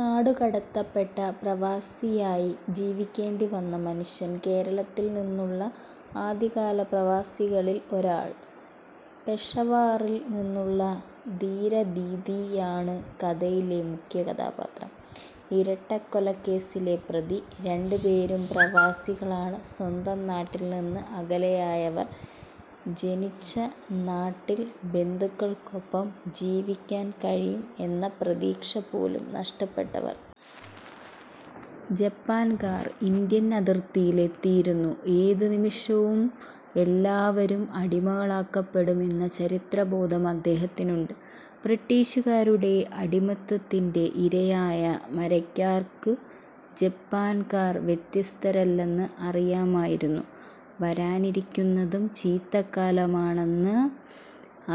നാടു കടത്തപ്പെട്ട് പ്രവാസിയായി ജീവിക്കേണ്ടിവന്ന മനുഷ്യൻ. കേരളത്തിൽ നിന്നുള്ള ആദ്യകാല പ്രവാസികളിൽ ഒരാൾ. പെഷവാറിൽ നിന്നുള്ള ധീരാദീദിയാണു കഥയിലെ മുഖ്യ കഥാപാത്രം. ഇരട്ടക്കൊലക്കേസിലെ പ്രതി. രണ്ടു പേരും പ്രവാസികളാണ്. സ്വന്തം നാട്ടിൽ നിന്ന് അകലെയായവർ. ജനിച്ച നാട്ടിൽ ബന്ധുക്കൾക്കൊപ്പം ജീവിക്കാൻ കഴിയും എന്ന പ്രതീക്ഷ പോലും നഷ്ടപ്പെട്ടവർ. ജപ്പാൻകാർ ഇന്ത്യൻ അതിർത്തിയിൽ എത്തിയിരുന്നു. ഏതു നിമിഷവും എല്ലാവരും അടിമകളാക്കപ്പെടും എന്ന ചരിത്രബോധം അദ്ദേഹത്തിനുണ്ട്. ബ്രിട്ടിഷുകാരുടെ അടിമത്തത്തിന്റെ ഇരയായ മരയ്ക്കാർക്കു ജപ്പാൻകാർ വ്യത്യസ്തരല്ലെന്ന് അറിയാമായിരുന്നു. വരാനിരിക്കുന്നതു ചീത്തക്കാലമാണെന്ന്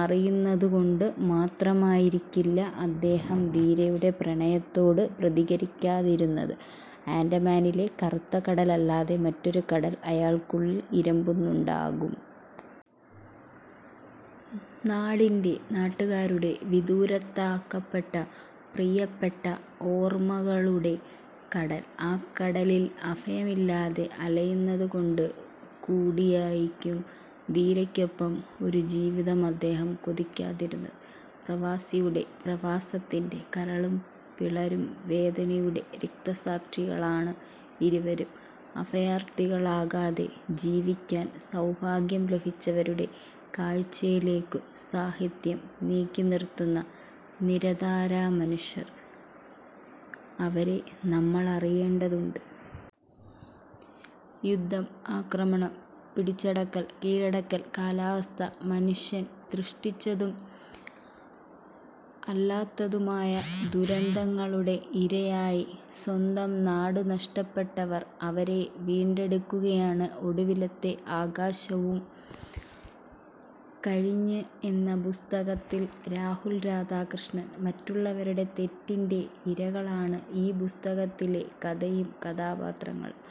അറിയുന്നതു കൊണ്ടു മാത്രമായിരിക്കില്ല അദ്ദേഹം ധീരയുടെ പ്രണയത്തോടു പ്രതികരിക്കാതിരുന്നത്. ആൻഡമാനിലെ കറുത്ത കടൽ അല്ലാതെ മറ്റൊരു കടൽ അയാൾക്കുള്ളിൽ ഇരമ്പുന്നുണ്ടാകും. നാടിന്റെ, നാട്ടുകാരുടെ, വിദൂരത്താക്കപ്പെട്ട പ്രിയപ്പെട്ടവരുടെ ഓർമകളുടെ കടൽ. ആ കടലിൽ അഭയമില്ലാതെ അലയുന്നതുകൊണ്ടുകൂടിയാകും ധീരയ്ക്കൊപ്പം ഒരു ജീവിതം അദ്ദേഹം കൊതിക്കാതിരുന്നത്. പ്രവാസിയുടെ, പ്രവാസത്തിന്റെ കരളും പിളരും വേദനയുടെ രക്തസാക്ഷികളാണ് ഇരുവരും. അഭയാർഥികളാകാതെ ജീവിക്കാൻ സൗഭാഗ്യം ലഭിച്ചവരുടെ കാഴ്ചയിലേക്കു സാഹിത്യം നീക്കിനിർത്തുന്ന നിരാധാര മനുഷ്യർ. അവരെ നമ്മൾ അറിയേണ്ടതുണ്ട്. യുദ്ധം, ആക്രമണം, പിടിച്ചടക്കൽ, കീഴടക്കൽ, കാലാവസ്ഥ. മനുഷ്യൻ സൃഷ്ടിച്ചതും അല്ലാത്തതുമായ ദുരന്തങ്ങളുടെ ഇരയായി സ്വന്തം നാടു നഷ്ടപ്പെട്ടവർ. അവരെ വീണ്ടെടുക്കുകയാണ് ഒടുവിലത്തെ ആകാശവും കഴിഞ്ഞ് എന്ന പുസ്തകത്തിൽ രാഹുൽ രാധാകൃഷ്ണൻ. മറ്റുള്ളവരുടെ തെറ്റിന്റെ ഇരകളാണ് ഈ പുസ്തകത്തിലെ കഥയും കഥാപാത്രങ്ങളും.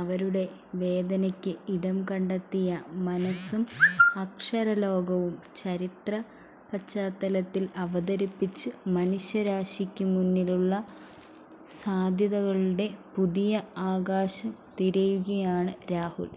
അവരുടെ വേദനയ്ക്ക് ഇടം കണ്ടെത്തിയ മനസ്സും അക്ഷരലോകവും ചരിത്ര പശ്ചാത്തലത്തിൽ അവതരിപ്പിച്ച് മനുഷ്യരാശിക്കു മുന്നിലുള്ള സാധ്യതകളുടെ പുതിയ ആകാശം തിരയുകയാണ് രാഹുൽ.